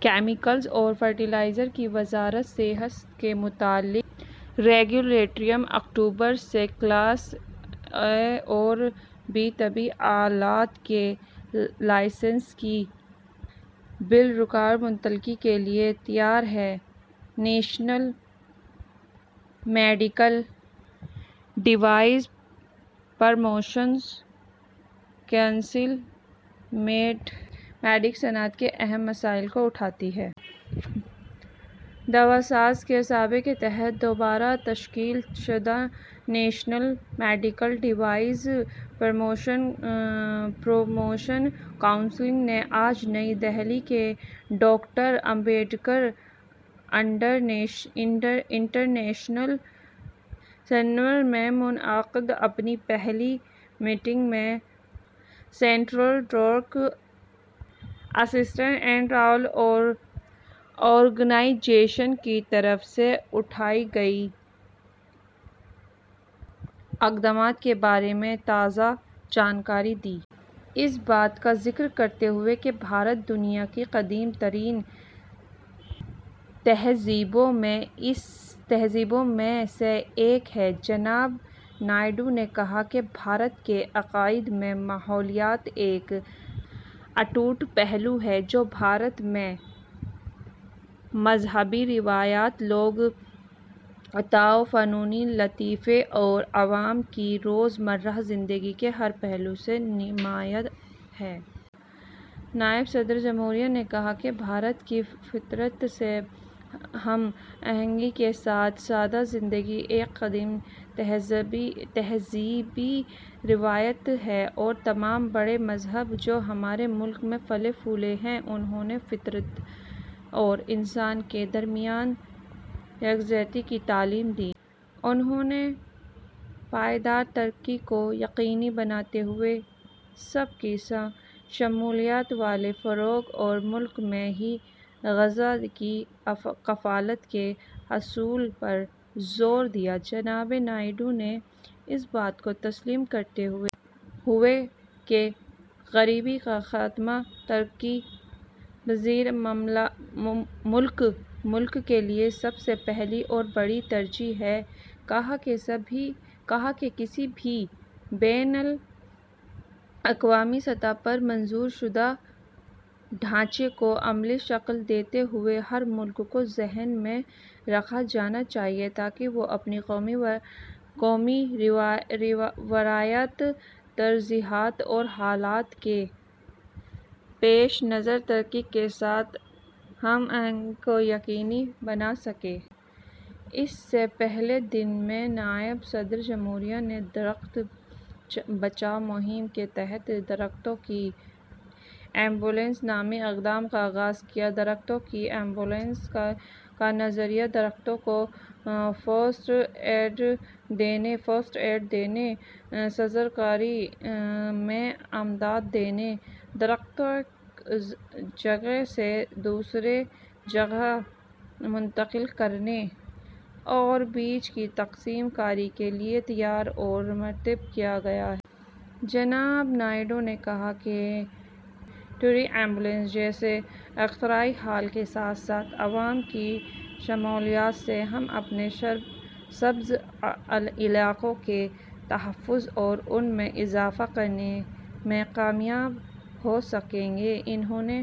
Chemicals اور fertiliser کی وزارت: صحت سے متعلق ریگولیٹر یکم اکتوبر سے کلاس اے اور بی طبی آلات کے لائسنسنگ کی بلا رکاوٹ منتقلی کے لیے تیار ہے۔ National medical devices promotion council med tech صنعت کے اہم مسائل کو اٹھاتی ہے۔ دواسازی کے شعبہ کے تحت دوبارہ تشکیل شدہ national medical device promotion council نے آج نئی دہلی کے ڈاکٹر امبیڈکر انٹرنیشنل سنٹر میں منعقدہ اپنی پہلی میٹنگ میں central drug standards and control organisation کی طرف سے اٹھائے گئے اقدامات کے بارے میں تازہ جانکاری دی۔ اس بات کا ذکر کرتے ہوئے کہ بھارت دنیا کی قدیم ترین تہذیبوں میں سے ایک ہے، جناب نائیڈو نے کہا کہ بھارت کے عقائد میں ماحولیات ایک اٹوٹ پہلو ہے، جو بھارت میں مذہبی روایات، لوک کتھاؤں، فنونِ لطیفہ اور عوام کی روزمرہ زندگی کے ہر پہلو سے نمایاں ہے۔ نائب صدرِ جمہوریہ نے کہا کہ بھارت کی فطرت سے ہم آہنگی کے ساتھ سادہ زندگی ایک قدیم تہذیبی روایت ہے اور تمام بڑے مذاہب، جو ہمارے ملک میں پھلے پھولے ہیں، انہوں نے فطرت اور انسان کے درمیان یکجہتی کی تعلیم دی ہے۔ انہوں نے پائیدار ترقی کو یقینی بناتے ہوئے سب کی شمولیت والے فروغ اور ملک میں ہی غذا کی کفالت کے حصول پر زور دیا۔ جناب نائیڈو نے اس بات کو تسلیم کرتے ہوئے کہ غریبی کا خاتمہ ترقی پذیر ممالک کے لیے سب سے پہلی اور بڑی ترجیح ہے، کہا کہ کسی بھی بین الاقوامی سطح پر منظور شدہ ڈھانچے کو عملی شکل دیتے ہوئے ہر ملک کو ذہن میں رکھا جانا چاہیے تاکہ وہ اپنی قومی ضروریات، ترجیحات اور حالات کے پیش نظر ترقی کے ساتھ ہم آہنگی کو یقینی بنا سکیں۔ اس سے پہلے دن میں نائب صدرِ جمہوریہ نے درخت بچاؤ مہم کے تحت درختوں کی ایمبولینس نامی اقدام کا آغاز کیا۔ درختوں کی ایمبولینس کا نظریہ درختوں کو فرسٹ ایڈ دینے، شجرکاری میں امداد دینے، درختوں کو ایک جگہ سے دوسری جگہ منتقل کرنے اور بیج کی تقسیم کاری کے لیے تیار اور مرتب کیا گیا ہے۔ جناب نائیڈو نے کہا کہ ٹری ایمبولینس جیسے اختراعی حل کے ساتھ ساتھ عوام کی شمولیت سے ہم اپنے سرسبز علاقوں کے تحفظ اور ان میں اضافہ کرنے میں کامیاب ہو سکیں گے۔ انہوں...